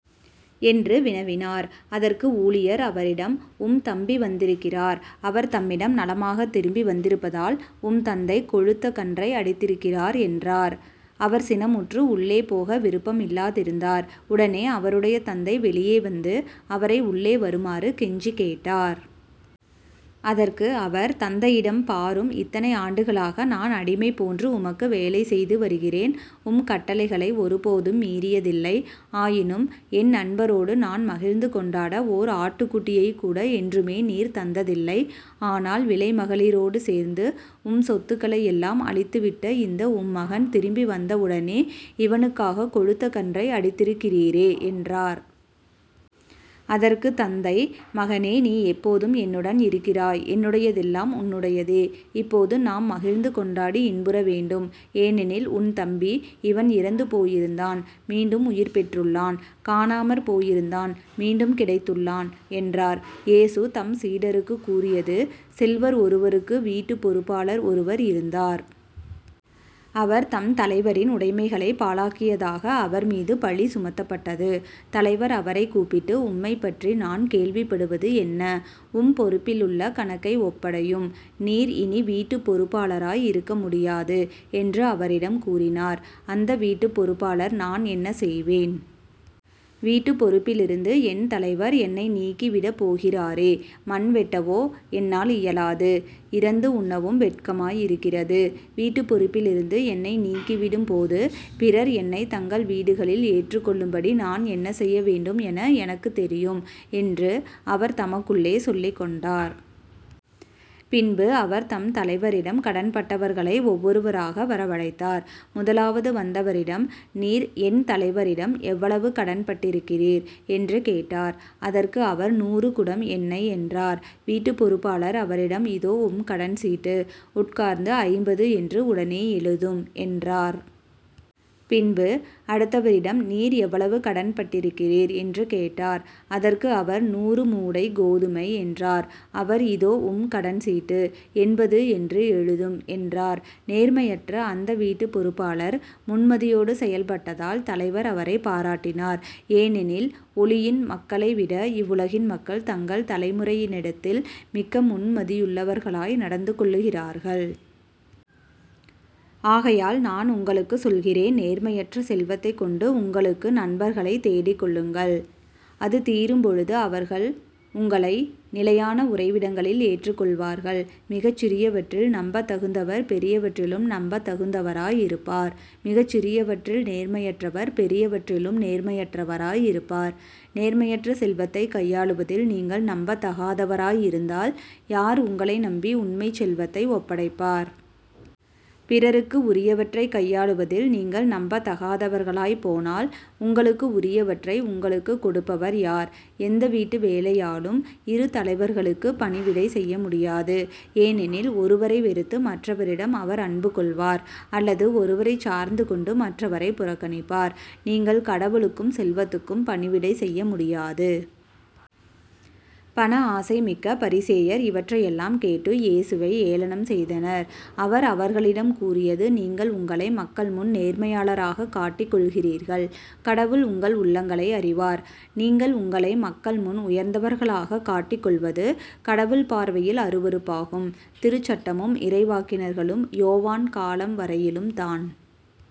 என்று வினவினார். அதற்கு ஊழியர் அவரிடம் உம் தம்பி வந்திருக்கிறார். அவர் தம்மிடம் நலமாகத் திரும்பி வந்திருப்பதால் உம் தந்தை கொழுத்த கன்றை அடித்திருக்கிறார் என்றார். அவர் சினமுற்று உள்ளே போக விருப்பம் இல்லாதிருந்தார். உடனே அவருடைய தந்தை வெளியே வந்து அவரை உள்ளே வருமாறு கெஞ்சிக் கேட்டார். அதற்கு அவர் தந்தையிடம் பாரும் இத்தனை ஆண்டுகளாக நான் அடிமைபோன்று உமக்கு வேலை செய்துவருகிறேன். உம் கட்டளைகளை ஒருபோதும் மீறியதில்லை. ஆயினும் என் நண்பரோடு நான் மகிழ்ந்துகொண்டாட ஓர் ஆட்டுக்குட்டியைக்கூட என்றுமே நீர் தந்ததில்லை. ஆனால் விலைமகளிரோடு சேர்ந்து உம் சொத்துகளையெல்லாம் அழித்துவிட்ட இந்த உம் மகன் திரும்பி வந்தவுடனே இவனுக்காகக் கொழுத்த கன்றை அடித்திருக்கிறீரே என்றார். அதற்குத் தந்தை மகனே நீ எப்போதும் என்னுடன் இருக்கிறாய் என்னுடையதெல்லாம் உன்னுடையதே. இப்போது நாம் மகிழ்ந்துகொண்டாடி இன்புற வேண்டும். ஏனெனில் உன் தம்பி இவன் இறந்து போயிருந்தான் மீண்டும் உயிர்பெற்றுள்ளான். காணாமற்போயிருந்தான் மீண்டும் கிடைத்துள்ளான் என்றார். இயேசு தம் சீடருக்குக் கூறியது செல்வர் ஒருவருக்கு வீட்டுப் பொறுப்பாளர் ஒருவர் இருந்தார். அவர் தம் தலைவரின் உடைமைகளைப் பாழாக்கியதாக அவர்மீது பழி சுமத்தப்பட்டது. தலைவர் அவரைக் கூப்பிட்டு உம்மைப்பற்றி நான் கேள்விப்படுவது என்ன? உம் பொறுப்பிலுள்ள கணக்கை ஒப்படையும். நீர் இனி வீட்டுப் பொறுப்பாளராய் இருக்க முடியாது என்று அவரிடம் கூறினார். அந்த வீட்டுப் பொறுப்பாளர் நான் என்ன செய்வேன்? வீட்டுப் பொறுப்பிலிருந்து என் தலைவர் என்னை நீக்கி விடப்போகிறாரே. மண்வெட்டவோ என்னால் இயலாது இரந்து உண்ணவும் வெட்கமாய் இருக்கிறது. வீட்டுப் பொறுப்பிலிருந்து என்னை நீக்கிவிடும் போது பிறர் என்னைத் தங்கள் வீடுகளில் ஏற்றுக்கொள்ளும்படி நான் என்ன செய்யவேண்டும் என எனக்குத் தெரியும் என்று அவர் தமக்குள்ளே சொல்லிக்கொண்டார். பின்பு அவர் தம் தலைவரிடம் கடன்பட்டவர்களை ஒவ்வொருவராக வரவழைத்தார். முதலாவது வந்தவரிடம் நீர் என் தலைவரிடம் எவ்வளவு கடன்பட்டிருக்கிறீர்? என்று கேட்டார். அதற்கு அவர் நூறு குடம் எண்ணெய் என்றார். வீட்டுப் பொறுப்பாளர் அவரிடம் இதோ உம் கடன் சீட்டு உட்கார்ந்து ஐம்பது என்று உடனே எழுதும் என்றார். பின்பு அடுத்தவரிடம் நீர் எவ்வளவு கடன்பட்டிருக்கிறீர்? என்று கேட்டார். அதற்கு அவர் நூறு மூடை கோதுமை என்றார். அவர் இதோ உம் கடன் சீட்டு எண்பது என்று எழுதும் என்றார். நேர்மையற்ற அந்த வீட்டுப் பொறுப்பாளர் முன்மதியோடு செயல்பட்டதால் தலைவர் அவரைப் பாராட்டினார். ஏனெனில் ஒளியின் மக்களைவிட இவ்வுலகின் மக்கள் தங்கள் தலைமுறையினிடத்தில் மிக்க முன்மதியுள்ளவர்களாய் நடந்துகொள்ளுகிறார்கள். ஆகையால் நான் உங்களுக்குச் சொல்கிறேன் நேர்மையற்ற செல்வத்தைக்கொண்டு உங்களுக்கு நண்பர்களைத் தேடிக்கொள்ளுங்கள். அது தீரும்பொழுது அவர்கள் உங்களை நிலையான உறைவிடங்களில் ஏற்றுக் கொள்வார்கள். மிகச் சிறியவற்றில் நம்பத் தகுந்தவர் பெரியவற்றிலும் நம்பத் தகுந்தவராய் இருப்பார். மிகச் சிறியவற்றில் நேர்மையற்றவர் பெரியவற்றிலும் நேர்மையற்றவராய் இருப்பார். நேர்மையற்ற செல்வத்தைக் கையாளுவதில் நீங்கள் நம்பத்தகாதவராய் இருந்தால் யார் உங்களை நம்பி உண்மைச் செல்வத்தை ஒப்படைப்பார்? பிறருக்கு உரியவற்றைக் கையாளுவதில் நீங்கள் நம்பத்தகாதவர்களாய்ப் போனால் உங்களுக்கு உரியவற்றை உங்களுக்குக் கொடுப்பவர் யார்? எந்த வீட்டு வேலையாளும் இரு தலைவர்களுக்குப் பணிவிடை செய்யமுடியாது ஏனெனில் ஒருவரை வெறுத்து மற்றவரிடம் அவர் அன்பு கொள்வார் அல்லது ஒருவரைச் சார்ந்து கொண்டு மற்றவரைப் புறக்கணிப்பார். நீங்கள் கடவுளுக்கும் செல்வத்துக்கும் பணிவிடை செய்யமுடியாது. பண ஆசைமிக்க பரிசேயர் இவற்றையெல்லாம் கேட்டு இயேசுவை ஏளனம் செய்தனர். அவர் அவர்களிடம் கூறியது நீங்கள் உங்களை மக்கள்முன் நேர்மையாளராகக் காட்டிக் கொள்கிறீர்கள். கடவுள் உங்கள் உள்ளங்களை அறிவார். நீங்கள் உங்களை மக்கள்முன் உயர்ந்தவர்களாகக் காட்டிக் கொள்வது கடவுள் பார்வையில் அருவருப்பாகும். திருச்சட்டமும் இறைவாக்கினர்களும் யோவான் காலம் வரையிலும் தான்.